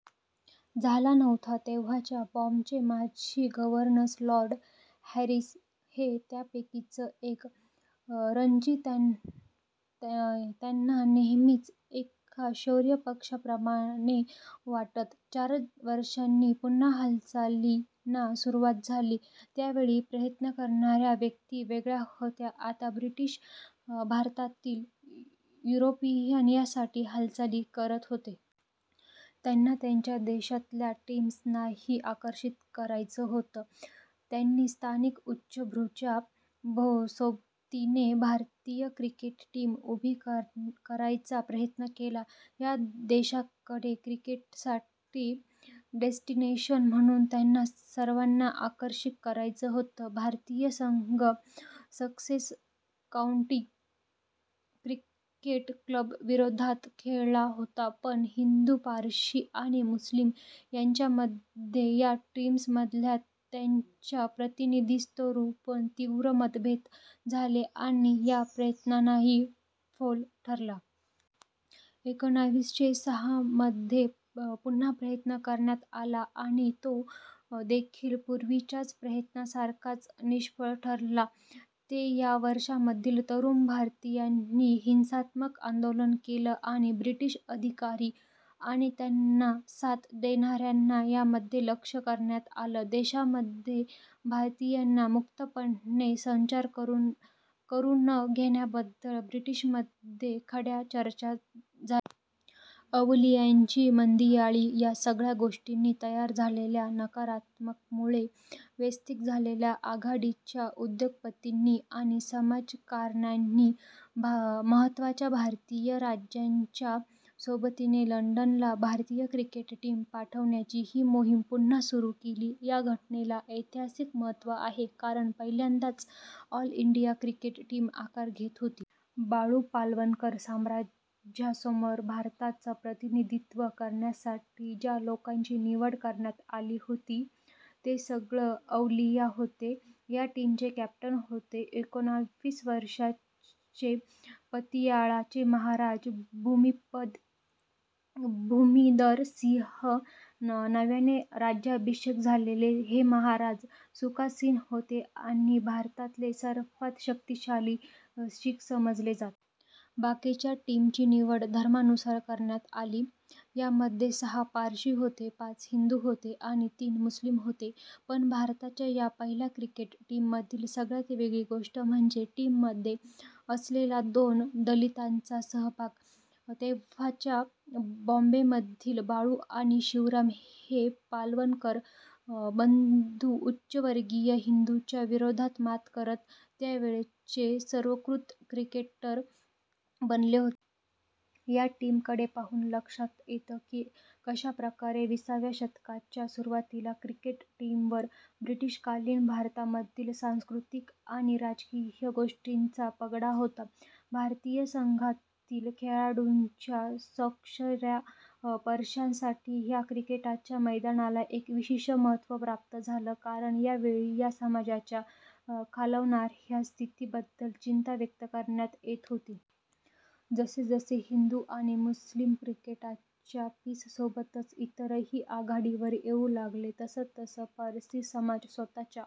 झाला नव्हता. तेव्हाच्या बॉम्बेचे माजी गव्हर्नर लॉर्ड हॅरिस हे त्यापैकीच एक. रणजी त्यांना नेहमीच एका स्वैर पक्ष्याप्रमाणे वाटत. चार वर्षांनी पुन्हा हालचालींना सुरुवात झाली. यावेळी प्रयत्न करणाऱ्या व्यक्ती वेगळ्या होत्या. आता ब्रिटिश भारतातील युरोपियन यासाठी हालचाली करत होते. त्यांना त्यांच्या देशांतल्या टीम्सनाही आकर्षित करायचं होतं. त्यांनी स्थानिक उच्चभ्रूच्या सोबतीने भारतीय क्रिकेट टीम उभी करायचा प्रयत्न केला. या देशाकडे क्रिकेटसाठीचं डेस्टिनेशन म्हणून त्यांना सर्वांना आकर्षित करायचं होतं. भारतीय संघ ससेक्स काऊंटी क्रिकेट क्लबविरोधात खेळला होता पण हिंदू, पारशी आणि मुस्लीम यांच्यामध्ये या टीममधल्या त्यांच्या प्रतिनिधित्वावरून तीव्र मतभेद झाले आणि हा प्रयत्नही फोल ठरला. एकोणीसशे सहामध्येही पुन्हा प्रयत्न करण्यात आला आणि तो देखील पूर्वीच्याच प्रयत्नांसारखाच निष्फळ ठरला. ते या वर्षांमध्ये तरूण भारतीयांनी हिंसात्मक आंदोलनं केलं आणि ब्रिटिश अधिकारी आणि त्यांना साथ देणाऱ्यांना यामध्ये लक्ष करण्यात आलं. देशामध्ये भारतीयांना मुक्तपणे संचार करू न देण्याबद्दल ब्रिटनमध्ये खड्या चर्चा झाल्या. अवलियांची मांदियाळी या सगळ्या गोष्टींनी तयार झालेल्या नकारात्मकतेमुळे व्यथित झालेल्या आघाडीच्या उद्योगपतींनी आणि समाजकारण्यांनी, महत्त्वाच्या भारतीय राजांच्या सोबतीने लंडनला भारतीय क्रिकेट टीम पाठवण्याची ही मोहीम पुन्हा सुरू केली. या घटनेला ऐतिहासिक महत्त्व आहे कारण पहिल्यांदाच ऑल इंडिया क्रिकेट टीम आकार घेत होती. बाळू पालवणकर साम्राज्यासमोर भारताचं प्रतिनिधित्व करण्यासाठी ज्या लोकांची निवड करण्यात आली होती, ते सगळं अवलिया होते. या टीमचे कॅप्टन होते एकोणीस वर्षांचे पतियाळाचे महाराज भूपिंदर सिंह. नव्याने राज्याभिषेक झालेले हे महाराज सुखासीन होते आणि भारतातले सर्वांत शक्तीशाली शीख समजले जात. बाकीच्या टीमची निवड धर्मानुसार करण्यात आली. यामध्ये सहा पारशी होते, पाच हिंदू होते आणि तीन मुस्लीम होते. पण भारताच्या या पहिल्या क्रिकेट टीममधली सगळ्यांत वेगळी गोष्ट म्हणजे टीममध्ये असलेला दोन दलितांचा सहभाग. तेव्हाच्या बॉम्बेमधील बाळू आणि शिवराम हे पालवणकर बंधू उच्चवर्णीय हिंदूंच्या विरोधावर मात करत त्यावेळचे सर्वोत्कृष्ट क्रिकेटर बनले होते. या टीमकडे पाहून लक्षात येतं की कशाप्रकारे वीसाव्या शतकाच्या सुरुवातीला क्रिकेट टीमवर ब्रिटिशकालीन भारतामधील सांस्कृतिक आणि राजकीय गोष्टींचा पगडा होता. भारतीय संघातील खेळाडूंच्या स्वाक्षऱ्या पारशांसाठी या क्रिकेटच्या मैदानाला एक विशेष महत्त्व प्राप्त झालं कारण त्यावेळी या समाजाच्या खालवणाऱ्या स्थितीबद्दल चिंता व्यक्त करण्यात येत होती. जसजसे हिंदू आणि मुस्लीम क्रिकेटच्या पिचसोबतच इतरत्रही आघाडीवर येऊ लागले, तसतसा पारशी समाज स्वतःच्या